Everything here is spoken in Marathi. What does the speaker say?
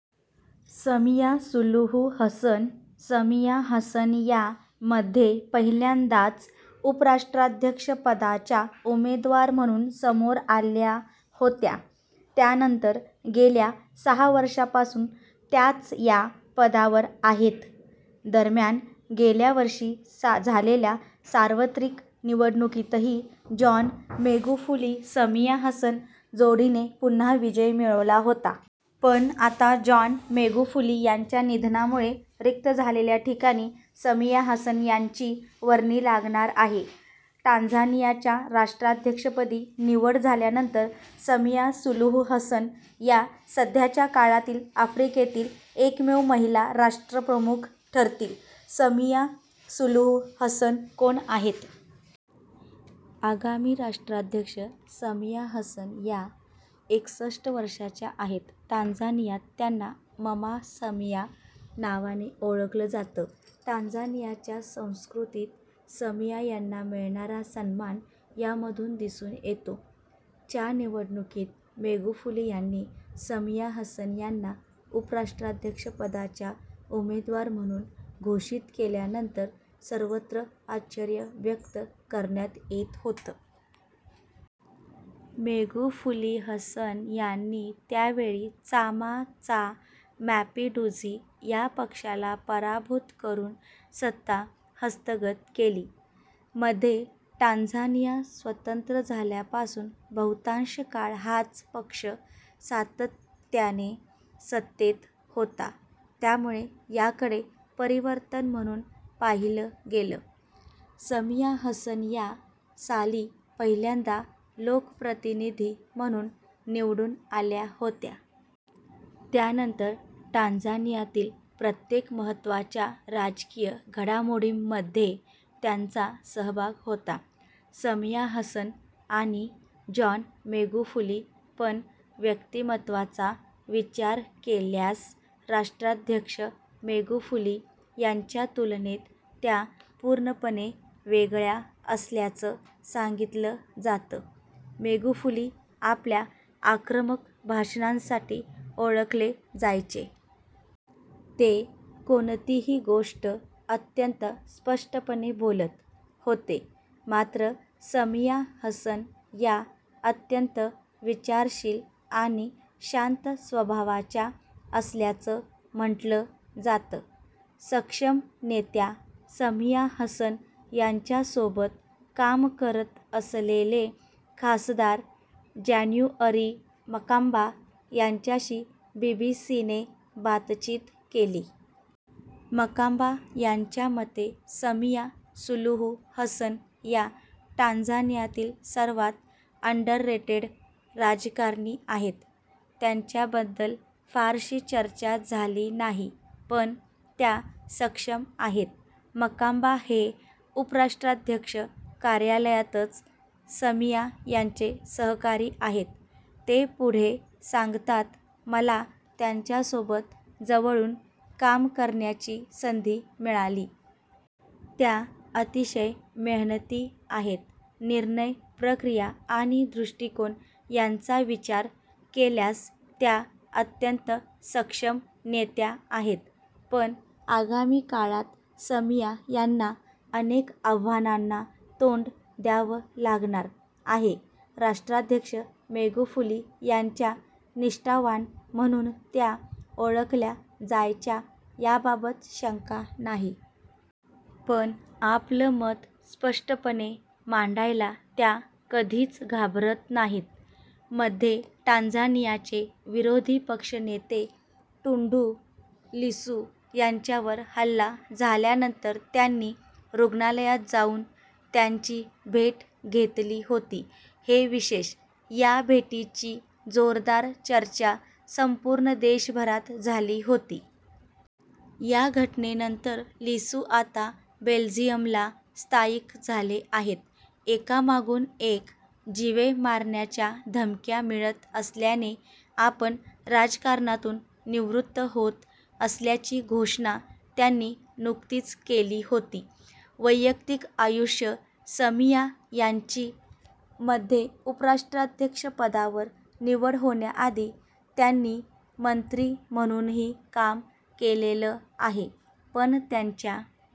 Samia Suluhu Hassan Samia Hassan या मध्ये पहिल्यांदाच उपराष्ट्राध्यक्षपदाच्या उमेदवार म्हणून समोर आल्या होत्या. त्यानंतर गेल्या सहा वर्षांपासून त्याच या पदावर आहेत. दरम्यान, गेल्या वर्षी झालेल्या सार्वत्रिक निवडणुकीतही जॉन मेगुफूली-समिया हसन जोडीने पुन्हा विजय मिळवला होता. पण आता जॉन मेगुफूली यांच्या निधनामुळे रिक्त झालेल्या ठिकाणी समिया हसन यांची वर्णी लागणार आहे. टांझानियाच्या राष्ट्राध्यक्षपदी निवड झाल्यानंतर समिया सुलूहू हसन या सध्याच्या काळातील आफ्रिकेतील एकमेव महिला राष्ट्रप्रमुख ठरतील. समिया सुलूहू हसन कोण आहेत? आगामी राष्ट्राध्यक्ष समिया हसन या एकसष्ठ वर्षांच्या आहेत. टांझानियात त्यांना ममा समिया नावाने ओळखलं जातं. टांझानियाच्या संस्कृतीत समिया यांना मिळणारा सन्मान यामधून दिसून येतो. च्या निवडणुकीत मेगुफूली यांनी समिया हसन यांना उपराष्ट्राध्यक्षपदाच्या उमेदवार म्हणून घोषित केल्यानंतर सर्वत्र आश्चर्य व्यक्त करण्यात येत होतं. मेगुफूली-हसन यांनी त्यावेळी चामा चा मॅपिंडूझी या पक्षाला पराभूत करून सत्ता हस्तगत केली. मध्ये टांझानिया स्वतंत्र झाल्यापासून बहुतांश काळ हाच पक्ष सातत्याने सत्तेत होता, त्यामुळे याकडे परिवर्तन म्हणून पाहिलं गेलं. समिया हसन या साली पहिल्यांदा लोकप्रतिनिधी म्हणून निवडून आल्या होत्या. त्यानंतर टांझानियातील प्रत्येक महत्त्वाच्या राजकीय घडामोडींमध्ये त्यांचा सहभाग होता. समिया हसन आणि जॉन मेगुफूली पण व्यक्तिमत्वाचा विचार केल्यास राष्ट्राध्यक्ष मेगुफूली यांच्या तुलनेत त्या पूर्णपणे वेगळ्या असल्याचं सांगितलं जातं. मेगुफूली आपल्या आक्रमक भाषणांसाठी ओळखले जायचे. ते कोणतीही गोष्ट अत्यंत स्पष्टपणे बोलत होते. मात्र समिया हसन या अत्यंत विचारशील आणि शांत स्वभावाच्या असल्याचं म्हटलं जातं. सक्षम नेत्या समिया हसन यांच्यासोबत काम करत असलेले खासदार जॅन्यूअरी मकांबा यांच्याशी बीबीसीने बातचीत केली. मकांबा यांच्या मते, समिया सुलूहू हसन या टांझानियातील सर्वांत अंडररेटेड राजकारणी आहेत. त्यांच्याबद्दल फारशी चर्चा झाली नाही. पण त्या सक्षम आहेत. मकांबा हे उपराष्ट्राध्यक्ष कार्यालयातच समिया यांचे सहकारी आहेत. ते पुढे सांगतात मला त्यांच्यासोबत जवळून काम करण्याची संधी मिळाली. त्या अतिशय मेहनती आहेत. निर्णय प्रक्रिया आणि दृष्टीकोन यांचा विचार केल्यास त्या अत्यंत सक्षम नेत्या आहेत. पण आगामी काळात समिया यांना अनेक आव्हानांना तोंड द्यावं लागणार आहे. राष्ट्राध्यक्ष मेगुफूली यांच्या निष्ठावान म्हणून त्या ओळखल्या जायच्या याबाबत शंका नाही. पण आपलं मत स्पष्टपणे मांडायला त्या कधीच घाबरत नाहीत. मध्ये टांझानियाचे विरोधी पक्षनेते टुंडू लिसू यांच्यावर हल्ला झाल्यानंतर त्यांनी रुग्णालयात जाऊन त्यांची भेट घेतली होती, हे विशेष. या भेटीची जोरदार चर्चा संपूर्ण देशभरात झाली होती. या घटनेनंतर लिसू आता बेल्जियमला स्थायिक झाले आहेत. एकामागून एक जीवे मारण्याच्या धमक्या मिळत असल्याने आपण राजकारणातून निवृत्त होत असल्याची घोषणा त्यांनी नुकतीच केली होती. वैयक्तिक आयुष्य समिया यांची मध्ये उपराष्ट्राध्यक्षपदावर निवड होण्याआधी त्यांनी मंत्री म्हणूनही काम केलेलं आहे. पण त्यांच्या